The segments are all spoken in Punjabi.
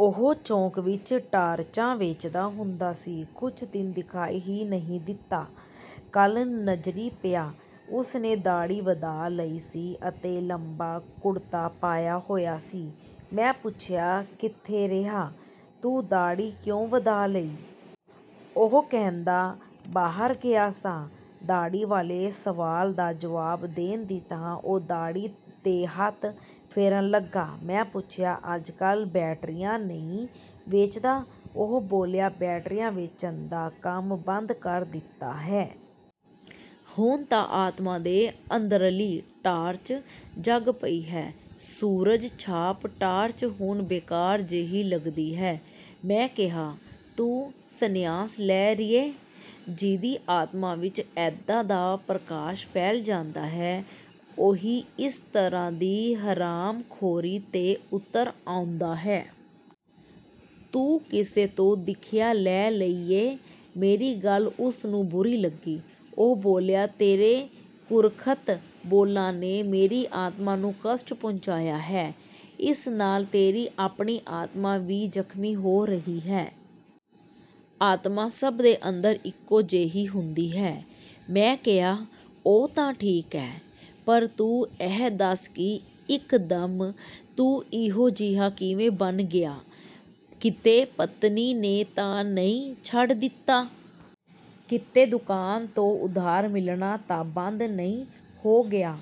ਉਹ ਚੌਂਕ ਵਿੱਚ ਟਾਰਚਾਂ ਵੇਚਦਾ ਹੁੰਦਾ ਸੀ। ਕੁਝ ਦਿਨ ਦਿਖਾਈ ਹੀ ਨਹੀਂ ਦਿੱਤਾ। ਕੱਲ੍ਹ ਨਜ਼ਰੀਂ ਪਿਆ। ਉਸ ਨੇ ਦਾੜ੍ਹੀ ਵਧਾ ਲਈ ਸੀ ਅਤੇ ਲੰਬਾ ਕੁੜਤਾ ਪਾਇਆ ਹੋਇਆ ਸੀ। ਮੈਂ ਪੁੱਛਿਆ, "ਕਿੱਥੇ ਰਿਹਾ? ਤੂੰ ਦਾੜ੍ਹੀ ਕਿਉਂ ਵਧਾ ਲਈ?" ਉਹ ਕਹਿੰਦਾ, "ਬਾਹਰ ਗਿਆ ਸਾਂ।" ਦਾੜ੍ਹੀ ਵਾਲੇ ਸਵਾਲ ਦਾ ਜਵਾਬ ਦੇਣ ਦੀ ਥਾਂ ਉਹ ਦਾੜ੍ਹੀ 'ਤੇ ਹੱਥ ਫੇਰਨ ਲੱਗਾ। ਮੈਂ ਪੁੱਛਿਆ, "ਅੱਜਕੱਲ੍ਹ ਬੈਟਰੀਆਂ ਨਹੀਂ ਵੇਚਦਾ?" ਉਹ ਬੋਲਿਆ, "ਬੈਟਰੀਆਂ ਵੇਚਣ ਦਾ ਕੰਮ ਬੰਦ ਕਰ ਦਿੱਤਾ ਹੈ। ਹੁਣ ਤਾਂ ਆਤਮਾ ਦੇ ਅੰਦਰਲੀ ਟਾਰਚ ਜਗ ਪਈ ਹੈ। ਸੂਰਜ ਛਾਪ ਟਾਰਚ ਹੁਣ ਬੇਕਾਰ ਜੇਹੀ ਲੱਗਦੀ ਹੈ।" ਮੈਂ ਕਿਹਾ, "ਤੂੰ ਸੰਨਿਆਸ ਲੈ ਰਿਹੈਂ? ਜਿਹਦੀ ਆਤਮਾ ਵਿੱਚ ਐਦਾਂ ਦਾ ਪ੍ਰਕਾਸ਼ ਫੈਲ ਜਾਂਦਾ ਹੈ, ਉਹੀ ਇਸ ਤਰ੍ਹਾਂ ਦੀ ਹਰਾਮਖੋਰੀ 'ਤੇ ਉਤਰ ਆਉਂਦਾ ਹੈ। ਤੂੰ ਕਿਸੇ ਤੋਂ ਦੀਖਿਆ ਲੈ ਲਈ ਏ?" ਮੇਰੀ ਗੱਲ ਉਸ ਨੂੰ ਬੁਰੀ ਲੱਗੀ। ਉਹ ਬੋਲਿਆ, "ਤੇਰੇ ਕੁਰੱਖਤ ਬੋਲਾਂ ਨੇ ਮੇਰੀ ਆਤਮਾ ਨੂੰ ਕਸ਼ਟ ਪਹੁੰਚਾਇਆ ਹੈ। ਇਸ ਨਾਲ ਤੇਰੀ ਆਪਣੀ ਆਤਮਾ ਵੀ ਜ਼ਖਮੀ ਹੋ ਰਹੀ ਹੈ। ਆਤਮਾ ਸਭ ਦੇ ਅੰਦਰ ਇੱਕੋ ਜੇਹੀ ਹੁੰਦੀ ਹੈ।" ਮੈਂ ਕਿਹਾ, "ਉਹ ਤਾਂ ਠੀਕ ਹੈ, ਪਰ ਤੂੰ ਇਹ ਦੱਸ ਕਿ ਇਕਦਮ ਤੂੰ ਇਹੋ ਜਿਹਾ ਕਿਵੇਂ ਬਣ ਗਿਆ? ਕਿਤੇ ਪਤਨੀ ਨੇ ਤਾਂ ਨਹੀਂ ਛੱਡ ਦਿੱਤਾ? ਕਿਤੇ ਦੁਕਾਨ ਤੋਂ ਉਧਾਰ ਮਿਲਣਾ ਤਾਂ ਬੰਦ ਨਹੀਂ ਹੋ ਗਿਆ?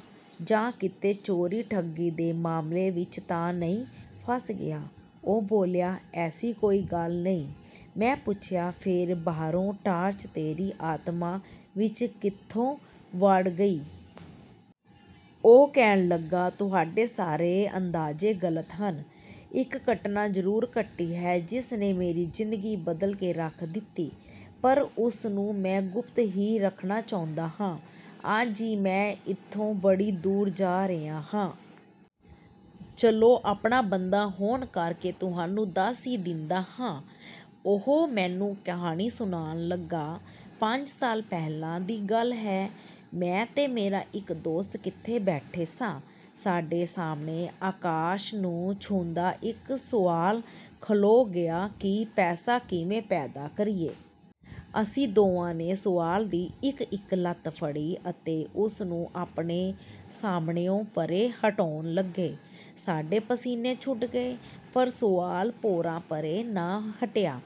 ਜਾਂ ਕਿਤੇ ਚੋਰੀ ਠੱਗੀ ਦੇ ਮਾਮਲੇ ਵਿੱਚ ਤਾਂ ਨਹੀਂ ਫਸ ਗਿਆ?" ਉਹ ਬੋਲਿਆ, "ਐਸੀ ਕੋਈ ਗੱਲ ਨਹੀਂ।" ਮੈਂ ਪੁੱਛਿਆ, "ਫੇਰ ਬਾਹਰੋਂ ਟਾਰਚ ਤੇਰੀ ਆਤਮਾ ਵਿੱਚ ਕਿੱਥੋਂ ਵੜ ਗਈ?" ਉਹ ਕਹਿਣ ਲੱਗਾ, "ਤੁਹਾਡੇ ਸਾਰੇ ਅੰਦਾਜ਼ੇ ਗ਼ਲਤ ਹਨ। ਇਕ ਘਟਨਾ ਜ਼ਰੂਰ ਘਟੀ ਹੈ ਜਿਸ ਨੇ ਮੇਰੀ ਜ਼ਿੰਦਗੀ ਬਦਲ ਕੇ ਰੱਖ ਦਿੱਤੀ। ਪਰ ਉਸ ਨੂੰ ਮੈਂ ਗੁਪਤ ਹੀ ਰੱਖਣਾ ਚਾਹੁੰਦਾ ਹਾਂ। ਅੱਜ ਹੀ ਮੈਂ ਇੱਥੋਂ ਬੜੀ ਦੂਰ ਜਾ ਰਿਹਾ ਹਾਂ। ਚੱਲੋ ਆਪਣਾ ਬੰਦਾ ਹੋਣ ਕਰਕੇ ਤੁਹਾਨੂੰ ਦੱਸ ਹੀ ਦਿੰਦਾ ਹਾਂ।" ਉਹ ਮੈਨੂੰ ਕਹਾਣੀ ਸੁਣਾਉਣ ਲੱਗਾ। ਪੰਜ ਸਾਲ ਪਹਿਲਾਂ ਦੀ ਗੱਲ ਹੈ। ਮੈਂ ਤੇ ਮੇਰਾ ਇਕ ਦੋਸਤ ਕਿਤੇ ਬੈਠੇ ਸਾਂ। ਸਾਡੇ ਸਾਹਮਣੇ ਆਕਾਸ਼ ਨੂੰ ਛੂੰਹਦਾ ਇਕ ਸੁਆਲ ਖਲੋ ਗਿਆ ਕਿ "ਪੈਸਾ ਕਿਵੇਂ ਪੈਦਾ ਕਰੀਏ?" ਅਸੀਂ ਦੋਵਾਂ ਨੇ ਸੁਆਲ ਦੀ ਇਕ ਇਕ ਲੱਤ ਫੜੀ ਅਤੇ ਉਸ ਨੂੰ ਆਪਣੇ ਸਾਹਮਣਿਉਂ ਪਰ੍ਹੇ ਹਟਾਉਣ ਲੱਗੇ। ਸਾਡੇ ਪਸੀਨੇ ਛੁੱਟ ਗਏ, ਪਰ ਸੁਆਲ ਭੋਰਾ ਪਰ੍ਹੇ ਨਾ ਹਟਿਆ।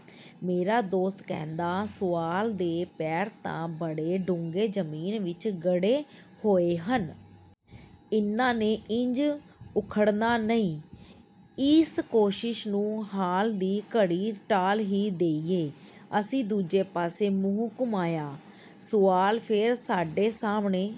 ਮੇਰਾ ਦੋਸਤ ਕਹਿੰਦਾ "ਸੁਆਲ ਦੇ ਪੈਰ ਤਾਂ ਬੜੇ ਡੂੰਘੇ ਜ਼ਮੀਨ ਵਿੱਚ ਗੱਡੇ ਹੋਏ ਹਨ। ਇਨ੍ਹਾਂ ਨੇ ਇੰਝ ਉੱਖੜਨਾ ਨਹੀਂ। ਇਸ ਕੋਸ਼ਿਸ਼ ਨੂੰ ਹਾਲ ਦੀ ਘੜੀ ਟਾਲ ਹੀ ਦੇਈਏ।" ਅਸੀਂ ਦੂਜੇ ਪਾਸੇ ਮੂੰਹ ਘੁੰਮਾਇਆ। ਸੁਆਲ ਫੇਰ ਸਾਡੇ ਸਾਹਮਣੇ